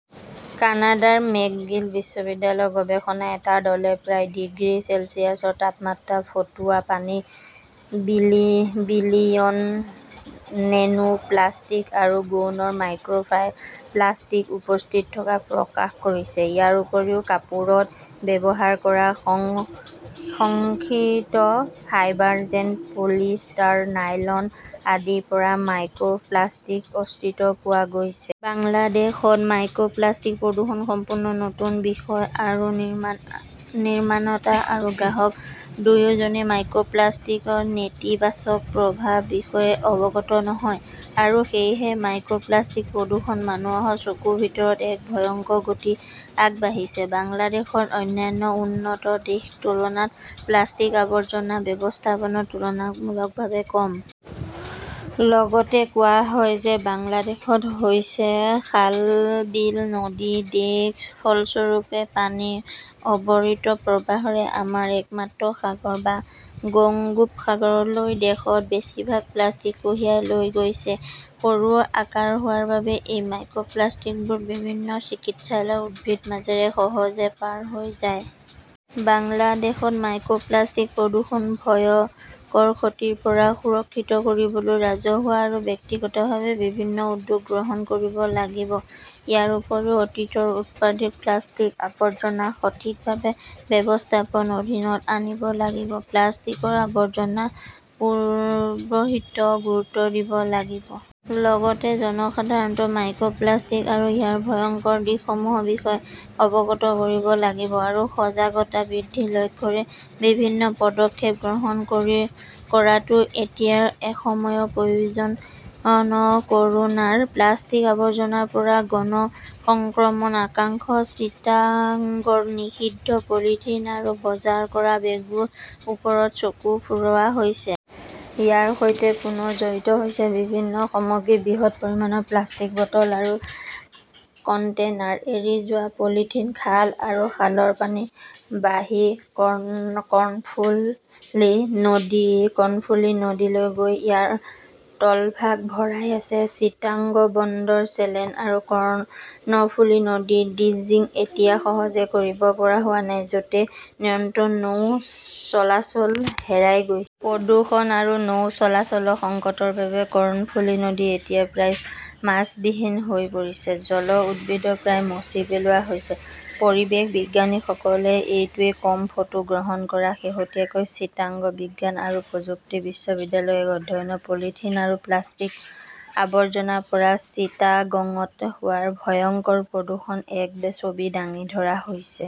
কানাডাৰ মেকগিল বিশ্ববিদ্যালয়ৰ গৱেষকৰ এটা দলে প্ৰায় ডিগ্ৰী চেলছিয়াছ তাপমাত্ৰাত ফুটোৱা পানীত বিলিয়ন নেনোপ্লাস্টিক আৰু গৌণ মাইক্ৰ 'প্লাষ্টিকৰ উপস্থিতিৰ কথা প্ৰকাশ কৰিছে। ইয়াৰ উপৰিও কাপোৰত ব্যৱহাৰ কৰা সংশ্লেষিত ফাইবাৰ যেনে পলিষ্টাৰ, নাইলন আদিৰ পৰাও মাইক্ৰ 'প্লাষ্টিকৰ অস্তিত্ব পোৱা গৈছে। বাংলাদেশত মাইক্ৰ 'প্লাষ্টিকৰ প্ৰদূষণ সম্পূৰ্ণ নতুন বিষয় আৰু নিৰ্মাতা আৰু গ্ৰাহক দুয়োজনেই মাইক্ৰ' প্লাষ্টিকৰ নেতিবাচক প্ৰভাৱৰ বিষয়ে অৱগত নহয়। আৰু সেয়েহে মাইক্ৰ'প্লাষ্টিকৰ প্ৰদূষণ মানুহৰ চকুৰ ভিতৰত এক ভয়ংকৰ গতিত আগবাঢ়িছে। বাংলাদেশত অন্যান্য উন্নত দেশৰ তুলনাত প্লাষ্টিকৰ আৱৰ্জনা ব্যৱস্থাপনা তুলনামূলকভাৱে কম। লগতে কোৱা হয় যে বাংলাদেশ হৈছে খালবিল নদীৰ দেশ। ফলস্বৰূপে, পানীৰ অবিৰত প্ৰৱাহে আমাৰ একমাত্ৰ সাগৰ বংগোপসাগৰলৈ দেশৰ বেছিভাগ প্লাষ্টিক কঢ়িয়াই লৈ গৈছে। সৰু আকাৰৰ হোৱাৰ বাবে এই মাইক্ৰ 'প্লাষ্টিকবোৰ বিভিন্ন চিকিৎসা উদ্ভিদৰ মাজেৰে সহজে পাৰ হৈ যায়। বাংলাদেশক মাইক্ৰ 'প্লাষ্টিক প্ৰদূষণৰ ভয়ংকৰ ক্ষতিৰ পৰা সুৰক্ষিত কৰিবলৈ ৰাজহুৱা আৰু ব্যক্তিগতভাৱে বিভিন্ন উদ্যোগ গ্ৰহণ কৰিব লাগিব। ইয়াৰ উপৰিও অতীতত উৎপাদিত প্লাষ্টিকৰ আৱৰ্জনা সঠিকভাৱে ব্যৱস্থাপনাৰ অধীনত আনিব লাগিব। প্লাষ্টিকৰ আৱৰ্জনা পুনৰ্ব্যৱহাৰত গুৰুত্ব দিব লাগিব। লগতে জনসাধাৰণক মাইক্ৰ 'প্লাষ্টিক আৰু ইয়াৰ ভয়ংকৰ দিশসমূহৰ বিষয়ে অৱগত কৰিব লাগিব আৰু সজাগতা বৃদ্ধিৰ লক্ষ্যৰে বিভিন্ন পদক্ষেপ গ্ৰহণ কৰাটো এতিয়া সময়ৰ প্ৰয়োজন। ক'ৰোনা প্লাষ্টিকৰ আৱৰ্জনাৰ পৰা গণ সংক্ৰমণৰ আশংকা চিটাগঙত নিষিদ্ধ পলিথিন আৰু বজাৰ কৰা বেগবোৰৰ ওপৰত চকু ফুৰোৱা হৈছে। ইয়াৰ সৈতে পুনৰ জড়িত হৈছে বিভিন্ন সামগ্ৰীৰ বৃহৎ পৰিমাণৰ প্লাষ্টিকৰ বটল আৰু কণ্টেইনাৰ। এৰি যোৱা পলিথিন খাল আৰু খালৰ পানীত ভাহি কৰ্ণফুলি নদীলৈ গৈ ইয়াৰ তলভাগ ভৰাই আছে। চিটাগং বন্দৰ চেনেল আৰু কৰ্ণফুলি নদীৰ ড্ৰেজিং এতিয়া সহজে কৰিব পৰা হোৱা নাই, য 'ত নিৰন্তৰ নৌ চলাচল হেৰাই গৈছে। প্ৰদূষণ আৰু নৌ চলাচলৰ সংকটৰ বাবে কৰ্ণফুলি নদী এতিয়া প্ৰায় মাছবিহীন হৈ পৰিছে। জলজ উদ্ভিদও প্ৰায় মচি পেলোৱা হৈছে। পৰিৱেশ বিজ্ঞানীসকলে এইটোৱেই কয়। ফটো সংগ্ৰহ কৰা শেহতীয়াকৈ চিটাগং বিজ্ঞান আৰু প্ৰযুক্তি বিশ্ববিদ্যালয়ৰ এক অধ্যয়নত পলিথিন আৰু প্লাষ্টিকৰ আৱৰ্জনাৰ পৰা চিটাগঙত হোৱা ভয়ংকৰ প্ৰদূষণৰ এক ছবি দাঙি ধৰা হৈছে।